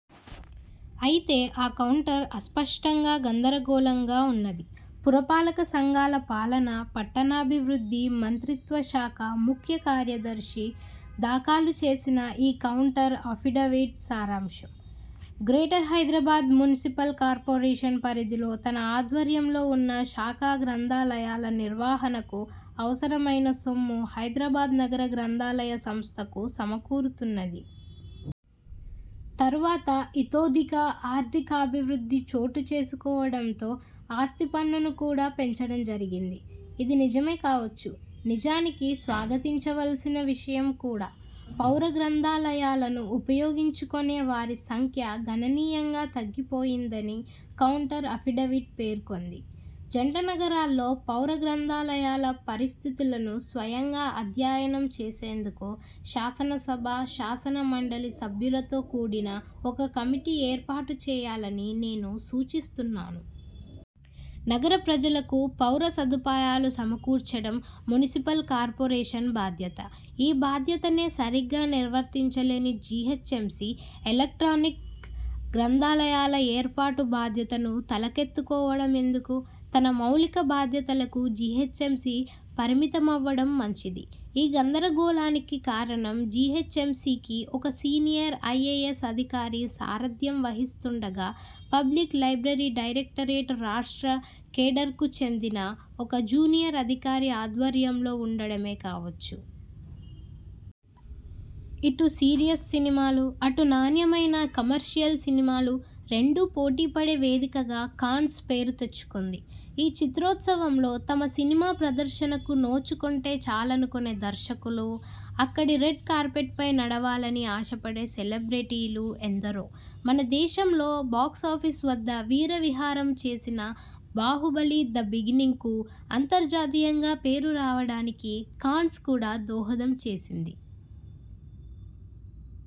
అయితే ఆ కౌంటర్ అస్పష్టంగా, గందరగోళంగా ఉన్నది. పురపాలక సంఘాల పాలన, పట్టణాభివృద్ధి మంత్రిత్వ శాఖ ముఖ్య కార్యదర్శి దాఖలుచేసిన ఈ కౌంటర్ అఫిడవిట్ సారాంశం: గ్రేటర్ హైదరాబాద్ మునిసిపల్ కార్పొరేషన్ పరిధిలో తన ఆధ్వర్యంలో వున్న శాఖా గ్రంథాలయాల నిర్వహణకు అవసరమైన సొమ్ము హైదరాబాద్ నగర గ్రంథాలయ సంస్థకు సమకూరుతున్నది. తరువాత ఇతోధిక ఆర్థికాభివృద్ధి చోటుచేసుకోవడంతో ఆస్తిపన్నును కూడా పెంచడం జరిగింది. ఇది నిజమే కావచ్చు. నిజానికి స్వాగతించవల్సిన విషయం కూడా. పౌర గ్రంథాలయాలను ఉపయోగించుకొనేవారి సంఖ్య గణనీయంగా తగ్గిపోయిందని కౌంటర్ అఫిడవిట్ పేర్కొంది. జంటనగరాల్లో పౌర గ్రంథాలయాల పరిస్థితులను స్వయంగా అధ్యయనం చేసేందుకు శాసనసభ, శాసన మండలి సభ్యులతో కూడిన ఒక కమిటీ ఏర్పాటు చేయాలని నేను సూచిస్తున్నాను. నగర ప్రజలకు పౌరసదుపాయాలు సమకూర్చడం మునిసిపల్ కార్పొరేషన్ బాధ్యత. ఈ బాధ్యతనే సరిగ్గా నిర్వర్తించలేని జీహెచ్ఎంసీ ఎలక్ట్రానిక్ గ్రంథాలయాల ఏర్పాటు బాధ్యతను తలకెత్తుకోవడం ఎందుకు? తన మౌలిక బాధ్యతలకు జీహెచ్ఎంసీ పరిమితమవ్వడం మంచిది. ఈ గందరగోళానికి కారణం జీహెచ్ఎంసీకి ఒక సీనియర్ ఐఏఎస్ అధికారి సారథ్యం వహిస్తుండగా పబ్లిక్ లైబ్రరీ డైరెక్టరేట్ రాష్ట్ర కేడర్కు చెందిన ఒక జూనియర్ అధికారి ఆధ్వర్యంలో వుండడమే కావచ్చు. ఇటు సీరియస్ సినిమాలు, అటు నాణ్యమైన కమర్షియల్ సినిమాలు రెండూ పోటీపడే వేదికగా కాన్స్ పేరు తెచ్చుకుంది. ఈ చిత్రోత్సవంలో తమ సినిమా ప్రదర్శనకు నోచుకుంటే చాలనుకొనే దర్శకులు, అక్కడి రెడ్ కార్పెట్పై నడవాలని ఆశపడే సెలబ్రిటీలు ఎందరో! మన దేశంలో బాక్సాఫీస్ వద్ద వీర విహారం చేసిన 'బాహుబలి: ద బిగినింగ్'కు అంతర్జాతీయంగా పేరు రావడానికి కాన్స్ కూడా దోహదం చేసింది.